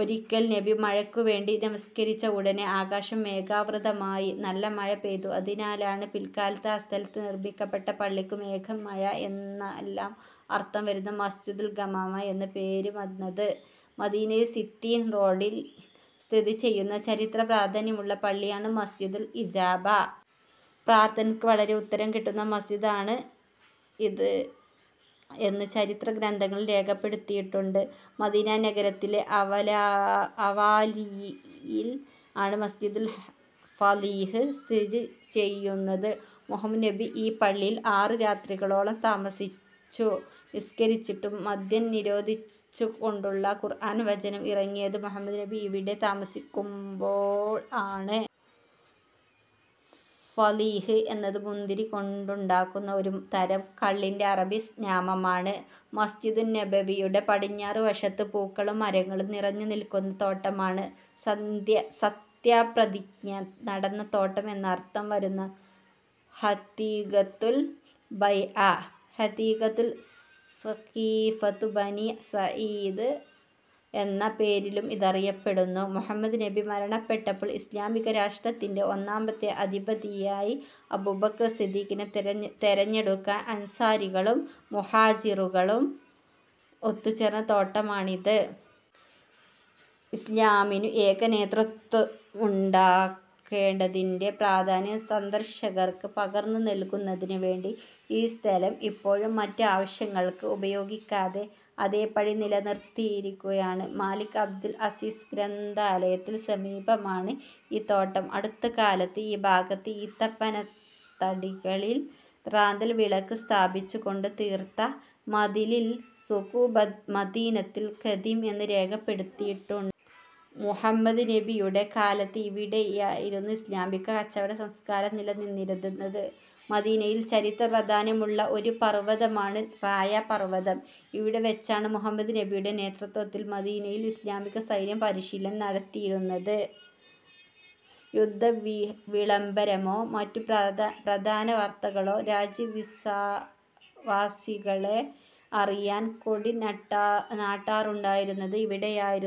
ഒരിക്കൽ നബി മഴയ്ക്കു വേണ്ടി നമസ്കരിച്ച ഉടൻ ആകാശം മേഘാവൃതമായി നല്ല മഴ പെയ്തു. അതിനാലാണ് പിൽകാലത്ത് ആ സ്ഥലത്ത് നിർമ്മിക്കപ്പെട്ട പള്ളിക്കു മേഘം, മഴ എന്നെല്ലാം അർഥം വരുന്ന മസ്ജിദുൽ ഗമാമ എന്നു പേര് വന്നത്. മദീനയിലെ സിത്തീൻ റോഡിൽ സ്ഥിതി ചെയ്യുന്ന ചരിത്ര പ്രാധാന്യമുള്ള പള്ളിയാണ് മസ്ജിദുൽ ഇജാബ. പ്രാർഥനക്ക് വളരെ ഉത്തരം കിട്ടുന്ന മസ്ജിദ് ആണ് ഇത് എന്ന് ചരിത്ര ഗ്രന്ഥങ്ങളിൽ രേഖപ്പെടുത്തിയിട്ടുണ്ട്. മദീന നഗരത്തിൽ അവാലിയിൽ ആണ് മസ്ജിദുൽ ഫളീഹ് സ്ഥിതി ചെയ്യുന്നത്. മുഹമ്മദ് നബി ഈ പള്ളിയിൽ ആറ് രാത്രികളോളം താമസിച്ചു നിസ്കരിച്ചിട്ടുണ്ട്. മദ്യം നിരോധിച്ചു കൊണ്ടുള്ള ഖുർആൻ വചനം ഇറങ്ങിയത് മുഹമ്മദ് നബി ഇവിടെ താമസിക്കുമ്പോൾ ആണ്. ഫളീഹ് എന്നത് മുന്തിരി കൊണ്ടുടാക്കുന്ന ഒരു തരം കള്ളിന്റെ അറബി നാമമാണ്. മസ്ജിദുന്നബവിയുടെ പടിഞ്ഞാറു വശത്ത് പൂക്കളും മരങ്ങളും നിറഞ്ഞു നിൽക്കുന്ന തോട്ടമാണ് സത്യപ്രതിജ്ഞ നടന്ന തോട്ടം എന്നർത്ഥം വരുന്ന ഹദീഖതുൽ ബൈഅ. ഹദീഖതു സഖീഫതു ബനീ സാഇദ എന്ന പേരിലും ഇതറിയപ്പെടുന്നു. മുഹമ്മദ് നബി മരണപ്പെട്ടപ്പോൾ ഇസ്ലാമിക രാഷ്ട്രത്തിന്റെ ഒന്നാമത്തെ അധിപതിയായി അബൂബക്കർ സിദ്ദീഖിനെ തെരഞ്ഞെടുക്കാൻ അൻസ്വാറുകളും മുഹാജിറുകളും ഒത്തുചേർന്ന തോട്ടമാണിത്. ഇസ്ലാമിനു ഏക നേതൃത്വമുണ്ടാകേണ്ടതിന്റെ പ്രാധാന്യം സന്ദർശകർക്ക് പകർന്നു നൽകുന്നതിന് വേണ്ടി ഈ സ്ഥലം ഇപ്പോഴും മറ്റ് ആവശ്യങ്ങൾക്ക് ഉപയോഗിക്കാതെ അതേപടി നിലനിർത്തിയിരിക്കുകയാണ്. മലിക് അബ്ദുൽ അസീസ് ഗ്രന്ഥാലയത്തിനു സമീപമാണ് ഈ തോട്ടം. അടുത്ത കാലത്ത് ഈ ഭാഗത്ത് ഈത്തപ്പനത്തടികളിൽ റാന്തൽവിളക്ക് സ്ഥാപിച്ചു കൊണ്ട് തീർത്ത മതിലിൽ സൂഖു മദീനതിൽ ഖദീം എന്ന് രേഖപ്പെടുത്തിയിട്ടുണ്ട്. മുഹമ്മദ് നബിയുടെ കാലത്ത് ഇവിടെയായിരുന്നു ഇസ്ലാമിക കച്ചവട സംസ്കാരം നില നിന്നിരുന്നത്. മദീനയിലെ ചരിത്ര പ്രാധാന്യമുള്ള ഒരു പർവതമാണ് റായ പർവതം. ഇവിടെ വച്ചാണ് മുഹമ്മദ് നബിയുടെ നേതൃത്വത്തിൽ മദീനയിലെ ഇസ്ലാമിക സൈന്യം പരിശീലനം നടത്തിയിരുന്നത്. യുദ്ധവിളംബരമോ മറ്റു പ്രധാനവാർത്തകളോ രാജ്യവാസികളെ അറിയിക്കാൻ കൊടി നാട്ടാറുണ്ടായിരുന്നത് ഇവിടെയായിരുന്നു.